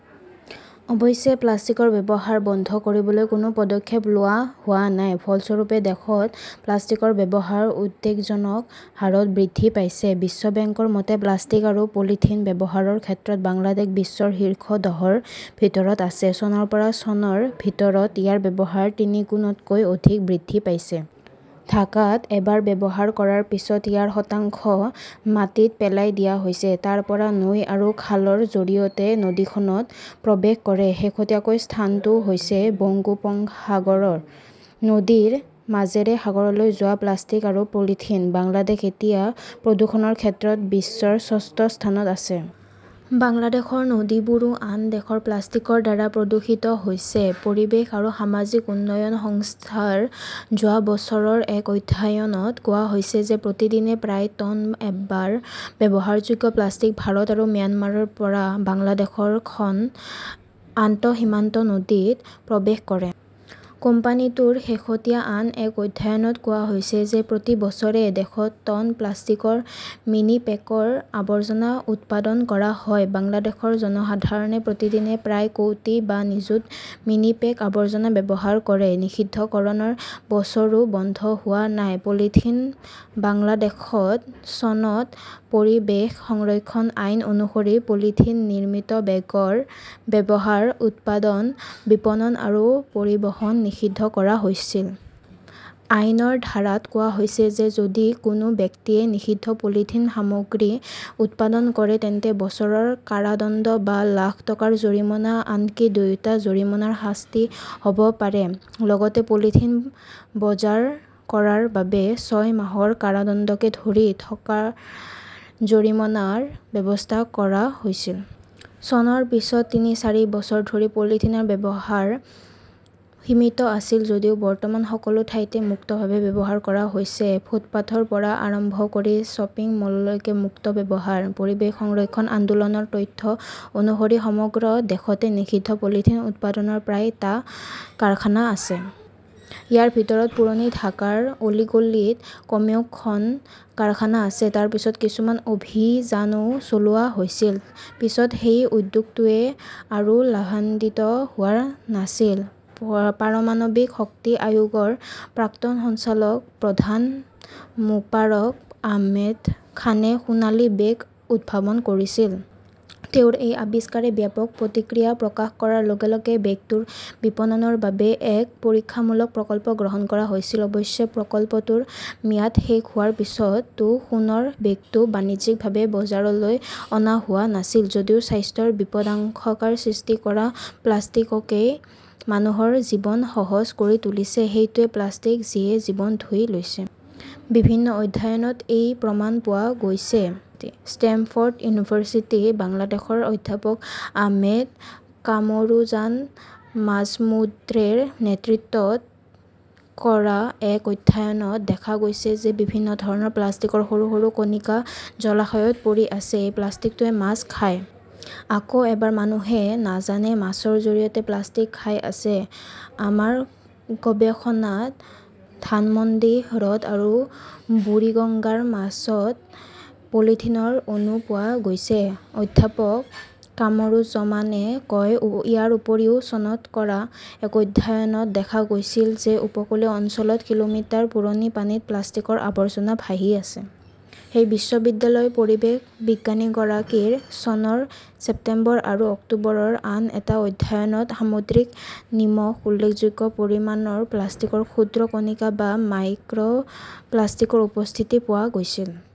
অৱশ্যে, প্লাষ্টিকৰ ব্যৱহাৰ বন্ধ কৰিবলৈ কোনো পদক্ষেপ লোৱা হোৱা নাই। ফলস্বৰূপে, দেশত প্লাষ্টিকৰ ব্যৱহাৰ উদ্বেগজনক হাৰত বৃদ্ধি পাইছে। বিশ্ব বেংকৰ মতে, প্লাষ্টিক আৰু পলিথিন ব্যৱহাৰৰ ক্ষেত্ৰত বাংলাদেশ বিশ্বৰ শীৰ্ষ দহৰ ভিতৰত আছে। চনৰ পৰা চনৰ ভিতৰত ইয়াৰ ব্যৱহাৰ তিনিগুণতকৈও অধিক বৃদ্ধি পাইছে। ঢাকাত এবাৰ ব্যৱহাৰ কৰাৰ পিছত ইয়াৰ শতাংশ মাটিত পেলাই দিয়া হৈছে। তাৰ পৰা নৈ আৰু খালৰ জৰিয়তে নদীখনত প্ৰৱেশ কৰে। শেহতীয়া স্থানটো হৈছে বংগোপসাগৰ। নদীৰ মাজেৰে সাগৰলৈ যোৱা প্লাষ্টিক আৰু পলিথিন। বাংলাদেশ এতিয়া প্ৰদূষণৰ ক্ষেত্ৰত বিশ্বৰ ষষ্ঠ স্থানত আছে। বাংলাদেশৰ নদীবোৰো আন দেশৰ প্লাষ্টিকৰ দ্বাৰা প্ৰদূষিত হৈছে। পৰিৱেশ আৰু সামাজিক উন্নয়ন সংস্থাৰ যোৱা বছৰৰ এক অধ্যয়নত কোৱা হৈছে যে প্ৰতিদিনে প্ৰায় টন এবাৰ ব্যৱহাৰযোগ্য প্লাষ্টিক ভাৰত আৰু ম্যানমাৰৰ পৰা বাংলাদেশৰ খন আন্তঃসীমান্ত নদীত প্ৰৱেশ কৰে। কোম্পানীটোৰ শেহতীয়া আন এক অধ্যয়নত কোৱা হৈছে যে প্ৰতি বছৰে দেশত টন প্লাষ্টিকৰ মিনিপেকৰ আৱৰ্জনা উৎপাদন কৰা হয়। বাংলাদেশৰ জনসাধাৰণে প্ৰতিদিনে প্ৰায় কোটি বা নিযুত মিনিপেক আৱৰ্জনা ব্যৱহাৰ কৰে। নিষিদ্ধকৰণৰ বছৰো বন্ধ হোৱা নাই পলিথিন বাংলাদেশত চনত পৰিৱেশ সংৰক্ষণ আইন- অনুসৰি পলিথিন নিৰ্মিত বেগৰ ব্যৱহাৰ, উৎপাদন, বিপণন আৰু পৰিবহণ নিষিদ্ধ কৰা হৈছিল। আইনৰ ধাৰাত কোৱা হৈছে যে যদি কোনো ব্যক্তিয়ে নিষিদ্ধ পলিথিন সামগ্ৰী উৎপাদন কৰে তেন্তে বছৰৰ কাৰাদণ্ড বা লাখ টকাৰ জৰিমনা, আনকি দুয়োটা জৰিমনাৰ শাস্তি হ 'ব পাৰে। লগতে পলিথিন বজাৰ কৰাৰ বাবে ছয় মাহৰ কাৰাদণ্ডকে ধৰি টকাৰ জৰিমনাৰ ব্যৱস্থা কৰা হৈছিল। চনৰ পিছত তিনি-চাৰি বছৰ ধৰি পলিথিনৰ ব্যৱহাৰ সীমিত আছিল যদিও বৰ্তমান সকলো ঠাইতে মুক্তভাৱে ব্যৱহাৰ কৰা হৈছে। ফুটপাতৰ পৰা আৰম্ভ কৰি শ্বপিং মললৈকে মুক্ত ব্যৱহাৰ। পৰিৱেশ সংৰক্ষণ আন্দোলনৰ তথ্য অনুসৰি সমগ্ৰ দেশতে নিষিদ্ধ পলিথিন উৎপাদনৰ প্ৰায় টা কাৰখানা আছে। ইয়াৰ ভিতৰত পুৰণি ঢাকাৰ অলিগলীত কমেও খন কাৰখানা আছে। তাৰ পিছত কিছুমান অভিযানও চলোৱা হৈছিল। পিছত সেই উদ্যোগটোৱে আৰু লাভান্বিত হোৱা নাছিল। পাৰমাণৱিক শক্তি আয়োগৰ প্ৰাক্তন সঞ্চালক প্ৰধান মোবাৰক আহমেদ খানে সোণালী বেগ উদ্ভাৱন কৰিছিল। তেওঁৰ এই আৱিষ্কাৰে ব্যাপক প্ৰতিক্ৰিয়া প্ৰকাশ কৰাৰ লগে লগে বেগটোৰ বিপণনৰ বাবে এক পৰীক্ষামূলক প্ৰকল্প গ্ৰহণ কৰা হৈছিল। অৱশ্যে, প্ৰকল্পটোৰ ম্যাদ শেষ হোৱাৰ পিছতো সোণৰ বেগটো বাণিজ্যিকভাৱে বজাৰলৈ অনা হোৱা নাছিল। যদিও স্বাস্থ্যৰ বিপদাশংকাৰ সৃষ্টি কৰা প্লাষ্টিকই মানুহৰ জীৱন সহজ কৰি তুলিছে, সেইটোৱেই প্লাষ্টিক যিয়ে জীৱন ধুই লৈছে। বিভিন্ন অধ্যয়নত এই প্ৰমাণ পোৱা গৈছে। ষ্টেমফৰ্ড ইউনিভাৰ্চিটি বাংলাদেশৰ অধ্যাপক আহমেদ কামৰুজান মাজমুদ্ৰেৰ নেতৃত্বত কৰা এক অধ্যয়নত দেখা গৈছে যে বিভিন্ন ধৰণৰ প্লাষ্টিকৰ সৰু সৰু কণিকা জলাশয়ত পৰি আছে। এই প্লাষ্টিকটোৱে মাছ খায়। আকৌ এবাৰ মানুহে নাজানে মাছৰ জৰিয়তে প্লাষ্টিক খাই আছে। আমাৰ গৱেষণাত ধানমন্ডি হ্ৰদ আৰু বুৰিগঙ্গাৰ মাছত পলিথিনৰ অণু পোৱা গৈছে, অধ্যাপক কামৰুজ্জমানে কয় ইয়াৰ উপৰিও চনত কৰা এক অধ্যয়নত দেখা গৈছিল যে উপকূলীয় অঞ্চলত কিলোমিটাৰ পুৰণি পানীত প্লাষ্টিকৰ আৱৰ্জনা ভাহি আছে। সেই বিশ্ববিদ্যালয়ৰ পৰিৱেশ বিজ্ঞানীগৰাকীৰ চনৰ ছেপ্টেম্বৰ আৰু অক্টোবৰৰ আন এটা অধ্যয়নত সামুদ্ৰিক নিমখত উল্লেখযোগ্য পৰিমাণৰ প্লাষ্টিকৰ ক্ষুদ্ৰ কণিকা বা মাইক্ৰ প্লাষ্টিকৰ উপস্থিতি পোৱা গৈছিল।